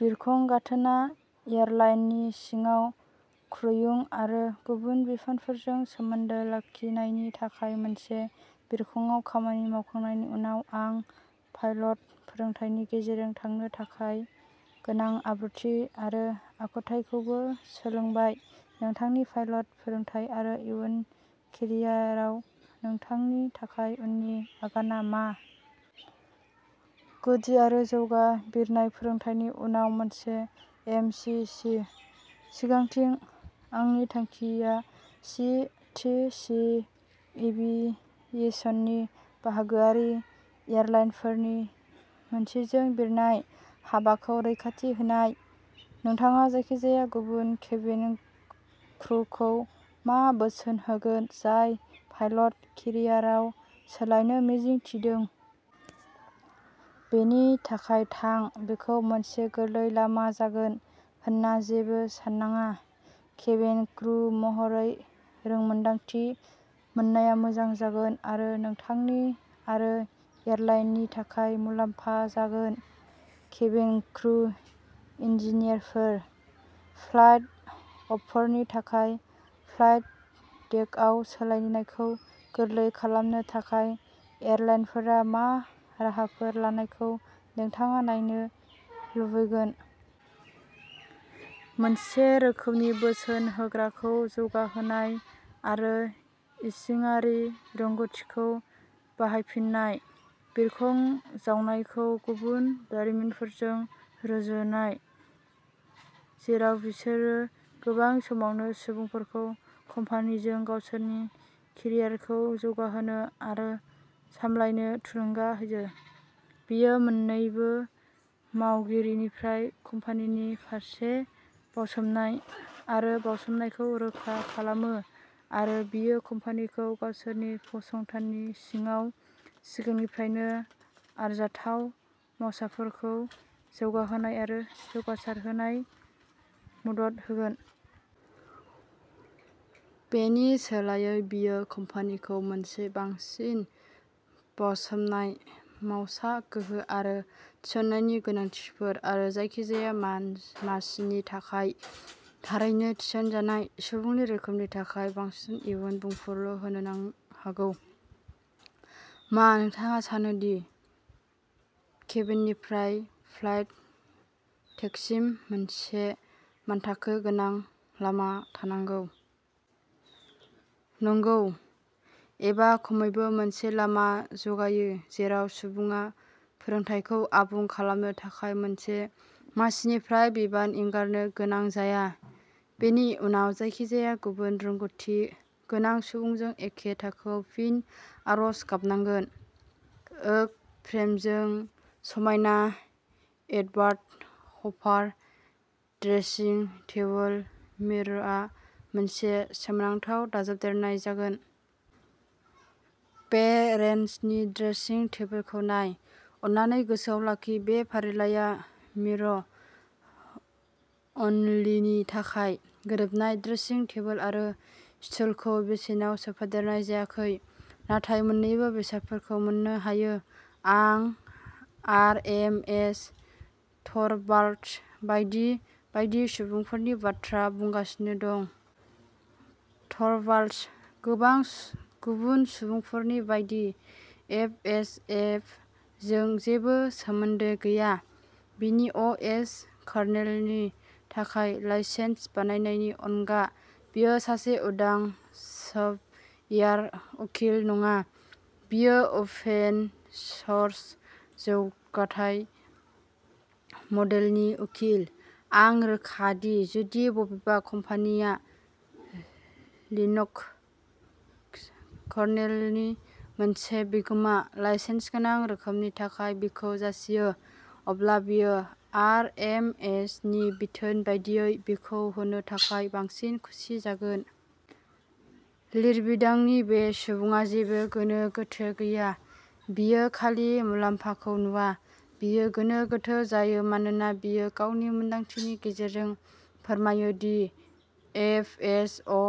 बिरखं गाथोना एयारलाइननि सिङाव क्रुइं आरो गुबुन बिफानफोरजों सोमोन्दो लाखिनायनि थाखाय मोनसे बिरखंआव खामानि मावखांनायनि उनाव आं पाइलट फोरोंथायनि गेजेरजों थांनो थाखाय गोनां आब्रुथि आरो आखुथायखौबो सोलोंबाय। नोंथांनि पाइलट फोरोंथाय आरो इयुन केरियाराव नोंथांनि थाखाय उननि आगानआ मा? गुदि आरो जौगा बिरनाय फोरोंथायनि उनाव मोनसे एम सि सि। सिगांथिं, आंनि थांखिया सि टि सि एभियेसननि बाहागोआरि एयारलाइनफोरनि मोनसेजों बिरनाय हाबाखौ रैखाथि होनाय। नोंथाङा जायखिजाया गुबुन केबिन क्रुखौ मा बोसोन होगोन जाय पाइलट केरियारआव सोलायनो मिजिं थिदों? बेनि थाखाय थां! बेखौ मोनसे गोरलै लामा जागोन होन्ना जेबो साननाङा। केबिन क्रु महरै रोंमोनदांथि मोननाया मोजां जागोन आरो नोंथांनि आरो एयारलाइननि थाखाय मुलाम्फा जागोन। केबिन क्रु इनजिनियारफोर, फ्लाइट अपफोरनि थाखाय फ्लाइट डेकआव सोलायनायखौ गोरलै खालामनो थाखाय एयारलाइनफोरा मा राहाफोर लानायखौ नोंथाङा नायनो लुबैगोन? मोनसे रोखोमनि बोसोन होग्राखौ जौगाहोनाय आरो इसिङारि रोंग'थिखौ बाहायफिननाय। बिरखं जावनायखौ गुबुन दारिमिनफोरजों रुजुननाय जेराव बिसोरो गोबां समावनो सुबुंफोरखौ कम्पानिजों गावसोरनि केरियारखौ जौगाहोनो आरो सामलायनो थुलुंगा होयो। बेयो मोननैबो मावगिरिनिफ्राय कम्पानिनि फारसे बाउसोमनाय आरो बाउसोमनायखौ रोखा खालामो आरो बेयो कम्पानिखौ गावसोरनि फसंथाननि सिङाव सिगांनिफ्रायनो आरजाथाव मावसाफोरखौ जौगाहोनाय आरो जौगाहोनायाव मदद होगोन। बेनि सोलायै बेयो कम्पानिखौ मोनसे बांसिन बावसोमनाय मावसा गोहो आरो थिसननायनि गोनांथिफोर आरो जायखिजाया मासिनि थाखाय थारैनो थिसनजानाय सुबुंनि रोखोमनि थाखाय बांसिन इयुन बुंफुरलु होनो हागौ। मा नोंथाङा सानो दि केबिननिफ्राय फ्लाइट डेकसिम मोनसे मानथाखो गोनां लामा थानांगौ? नंगौ, एबा खमैबो मोनसे लामा जगायो जेराव सुबुङा फोरोंथायखौ आबुं खालामनो थाखाय मोनसे मासिनिफ्राय बिबान एंगारनो गोनां जाया, बेनि उनाव जायखिजाया गुबुन रोंग'थि गोनां सुबुंजों एखे थाखोआव फिन आरज गाबनांगोन। ओक फ्रेमजों समायना एडवार्ड हपार ड्रेसिं टेबल मिररआ मोनसे सोमोनांथाव दाजाबदेरनाय जागोन। बे रेन्जनि ड्रेसिं टेबोलखौ नाय। अन्नानै गोसोआव लाखि बे फारिलाइआ मिरर अनलिनि थाखाय। गोरोबनाय ड्रेसिं टेबोल आरो स्टुलखौ बेसेनाव सोफादेरनाय जायाखै, नाथाय मोन्नैबो बेसादफोरबो मोननो हायो। आं आरएमएस, टरभाल्ड्स बायदि बायदि सुबुंफोरनि बाथ्रा बुंगासिनो दं। टरभाल्ड्स, गोबां गुबुन सुबुंफोरनि बायदि, एफएसएफजों जेबो सोमोन्दो गैया, बिनि अ एस कार्नेलनि थाखाय लाइसेन्स बाहायनायनि अनगा। बियो सासे उदां सफ्टवेयार उकिल नङा, बियो अपेन सोर्स जौगाथाय मडेलनि उकिल। आं रोखा दि जुदि बबेबा कम्पानिया लिनक्स कार्नेलनि मोनसे बिगोमा लाइसेन्सगोनां रोखोमनि थाखाय बिखौ जासियो, अब्ला बियो आरएमएसनि बिथोन बायदियै बेखौ होनो थाखाय बांसिन खुसि जागोन। लिरबिदांनि बे सुबुङा जेबो गोनो गोथो गैया, बियो खालि मुलाम्फाखौ नुवा। बियो गोनो गोथो जायो मानोना बियो गावनि मोनदांथिनि गेजेरजों फोरमायो the FS, A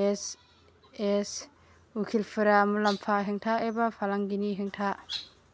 S S उकिलफोरा मुलाम्फा हेंथा एबा फालांगिनि हेंथा।